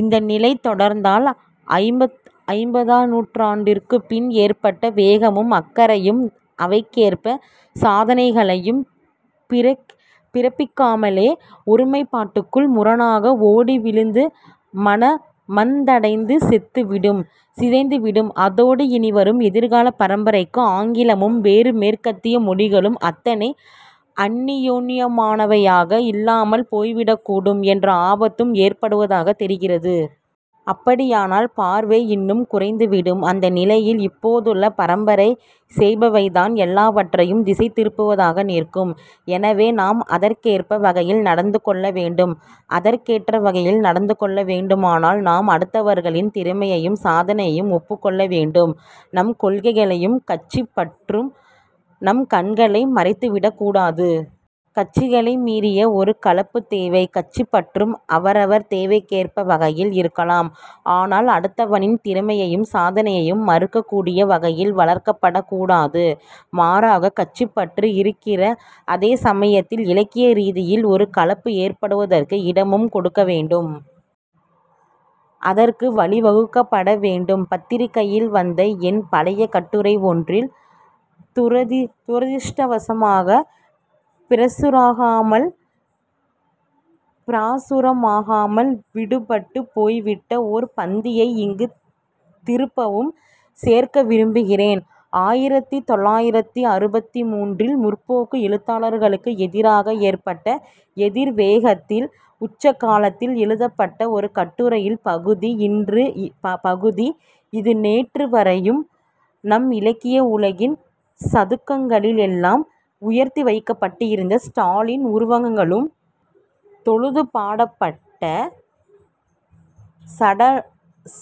இந்த நிலை தொடர்ந்தால் ஐம்பத்தாறுக்குப் பின் ஏற்பட்ட வேகமும் அக்கறையும் அவைக்கேற்ற சாதனைகளைப் பிறப்பிக்காமலே ஒருமைப்பாட்டுக்குள் முற்றாக ஓடி விழுந்து மந்தடைந்து செத்துவிடும், சிதைந்துவிடும். அதோடு இனி வரும் எதிர்காலப் பரம்பரைக்கு ஆங்கிலமும் வேறு மேற்கத்திய மொழிகளும் அத்தனை அன்னியோன்னியமானவையாக இல்லாமல் போய்விடக்கூடும் என்ற ஆபத்தும் ஏற்படுவதாகத் தெரிகிறது. அப்படியானால் பார்வை இன்னும் குறைந்துவிடும். அந்த நிலையில் இப்போதுள்ள பரம்பரை செய்பவைதான் எல்லாவற்றையும் திசைதிருப்புவதாக நிற்கும். எனவே, நாம் அதற்கேற்ற வகையில் நடந்துகொள்ள வேண்டும். அதற்கேற்ற வகையில் நடந்துகொள்ள வேண்டுமானால் நாம் அடுத்தவர்களின் திறமையையும் சாதனையையும் ஒப்புக்கொள்ள வேண்டும். நம் கொள்கையும் கட்சிப் பற்றும் நம் கண்களை மறைத்துவிடக் கூடாது. கட்சிகளை மீறிய ஒரு கலப்புத் தேவை. கட்சிப் பற்றும் அவரவர் தேவைக்கேற்ற வகையில் இருக்கலாம். ஆனால் அடுத்தவனின் திறமையையும் சாதனையையும் மறுக்கக்கூடிய வகையில் வளர்க்கப்படக் கூடாது. மாறாக, கட்சிப் பற்று இருக்கிற அதே சமயத்தில் இலக்கிய ரீதியில் ஒரு கலப்பு ஏற்படுவதற்கு இடமும் கொடுக்க வேண்டும். அதற்கு வழிவகுக்கப்பட வேண்டும். பத்திரிகையில் வந்த என் பழைய கட்டுரை ஒன்றில் துரதிஷ்டவசமாகப் பிரசுரமாகாமல் விடுபட்டுப் போய்விட்ட ஓர் பந்தியை இங்கு திரும்பவும் சேர்க்க விரும்புகிறேன். ஆயிரத்து தொள்ளாயிரத்து அறுபத்து மூன்றில் 'முற்போக்கு' எழுத்தாளர்களுக்கு எதிராக ஏற்பட்ட எதிர் வேகத்தின் உச்ச காலத்தில் எழுதப்பட்ட ஒரு கட்டுரையின் பகுதி இது நேற்று வரையும் நம் இலக்கிய உலகின் சதுக்கங்களிலெல்லாம் உயர்த்திவைக்கப்பட்டிருந்த ஸ்டாலின் உருவங்களும் தொழுது பாடப்பட்ட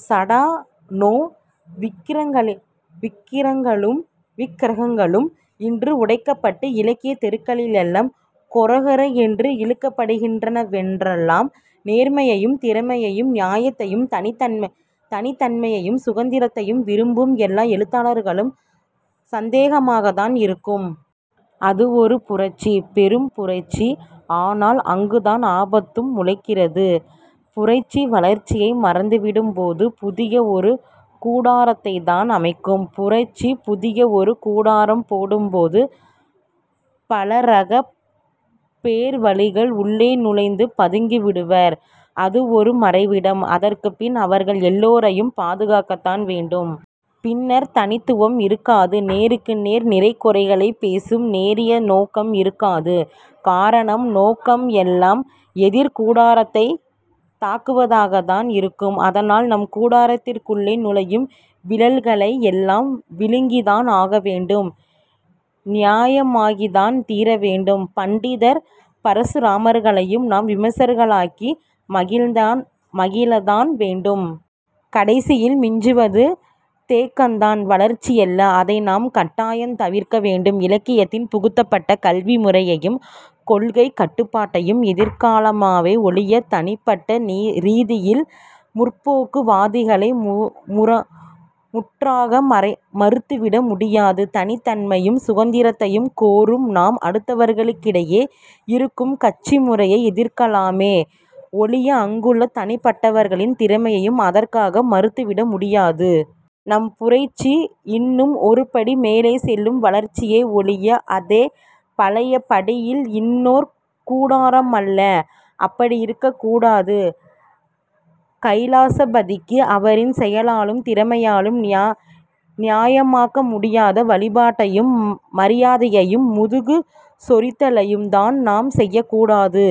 சடானோவ் விக்கிரகங்களும் இன்று உடைக்கப்பட்டு இலக்கியத் தெருக்களிலெல்லாம் கொர கொர என்று இழுக்கப்படுகின்றனவென்றால் நேர்மையையும் திறமையையும் நியாயத்தையும் தனித்தன்மையையும் சுதந்திரத்தையும் விரும்பும் எல்லா எழுத்தாளர்களுக்கும் சந்தேகமாகத்தான் இருக்கும். அது ஒரு புரட்சி, பெரும் புரட்சி. ஆனால் அங்குதான் ஆபத்தும் முளைக்கிறது...புரட்சி, வளர்ச்சியை மறந்துவிடும்போது புதிய ஒரு கூடாரத்தைத்தான் அமைக்கும். புரட்சி புதிய ஒரு கூடாரம் போடும்போது பலரகப் பேர்வழிகள் உள்ளே நுழைந்து பதுங்கிவிடுவர். அது ஒரு மறைவிடம். அதற்குப் பின் அவர்கள் எல்லோரையும் பாதுகாக்கத்தான் வேண்டும். பின்னர் தனித்துவம் இருக்காது. நேருக்கு நேர் நிறைகுறைகளைப் பேசும் நேரிய நோக்கம் இருக்காது. காரணம், நோக்கம் எல்லாம் எதிர் கூடாரத்தைத் தாக்குவதாகத்தான் இருக்கும். அதனால் நம் கூடாரத்துக்குள்ளே நுழையும் விழல்களை எல்லாம் விழுங்கித்தான் ஆகவேண்டும். நியாயமாக்கித்தான் தீரவேண்டும். பண்டிதர் பரசுராமர்களையும் நாம் விமர்சகர்களாக்கி மகிழத்தான் வேண்டும். கடைசியில் மிஞ்சுவது தேக்கந்தான், வளர்ச்சியல்ல. அதை நாம் கட்டாயம் தவிர்க்க வேண்டும். இலக்கியத்தில் புகுத்தப்படும் கட்சி முறையையும் கொள்கைக் கட்டுப்பாட்டையும் எதிர்க்கலாமே ஒழிய தனிப்பட்ட ரீதியில் 'முற்போக்கு'வாதிகளை முற்றாக மறுத்துவிட முடியாது. தனித்தன்மையையும் சுதந்திரத்தையும் கோரும் நாம் அடுத்தவர்களுக்கிடையே இருக்கும் கட்சி முறையை எதிர்க்கலாமே ஒழிய அங்குள்ள தனிப்பட்டவர்களின் திறமையையும் அதற்காக மறுத்துவிட முடியாது. நம் புரட்சி இன்னும் ஒரு படி மேலே செல்லும் வளர்ச்சியே ஒழிய அதே பழைய படியில் இன்னோர் கூடாரமல்ல. அப்படி இருக்கக் கூடாது. கைலாசபதிக்கு அவரின் செயலாலும் திறமையாலும் நியாயமாக்க முடியாத வழிபாட்டையும், மரியாதையையும் முதுகு சொறிதலையும்தான் நாம் செய்யக்கூடாது.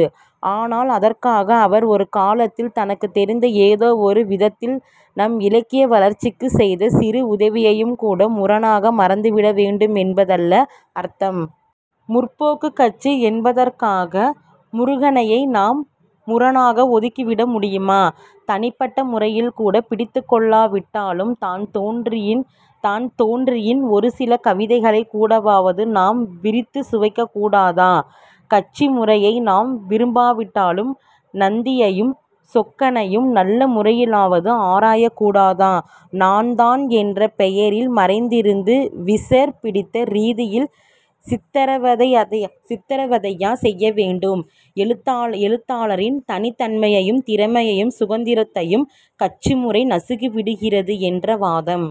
ஆனால் அதற்காக அவர் ஒரு காலத்தில் தனக்குத் தெரிந்த ஏதோ ஒரு விதத்தில் நம் இலக்கிய வளர்ச்சிக்குச் செய்த சிறு உதவியையும் கூட முற்றாக மறந்துவிட வேண்டுமென்பதல்ல அர்த்தம். 'முற்போக்குக்' கட்சி என்பதற்காக முருகையனை நாம் முற்றாக ஒதுக்கிவிட முடியுமா? தனிப்பட்ட முறையில்கூடப் பிடித்துக்கொள்ளாவிட்டாலும் தான்தோன்றியின் ஒரு சில கவிதைகளைக் கூடவாவது நாம் விரித்துச் சுவைக்கக் கூடாதா? கட்சி முறையை நாம் விரும்பாவிட்டால் நந்தியையும் சொக்கனையும் நல்ல முறையிலாவது ஆராயக் கூடாதா? 'நான்தான்' என்ற பெயரில் மறைந்திருந்து விசர் பிடித்த ரீதியில் சித்திரவதையா செய்ய வேண்டும்? எழுத்தாளனின் தனித்தன்மையையும் திறமையையும் சுதந்திரத்தையும் கட்சிமுறை நசுக்கிவிடுகிறது என்ற வாதம்,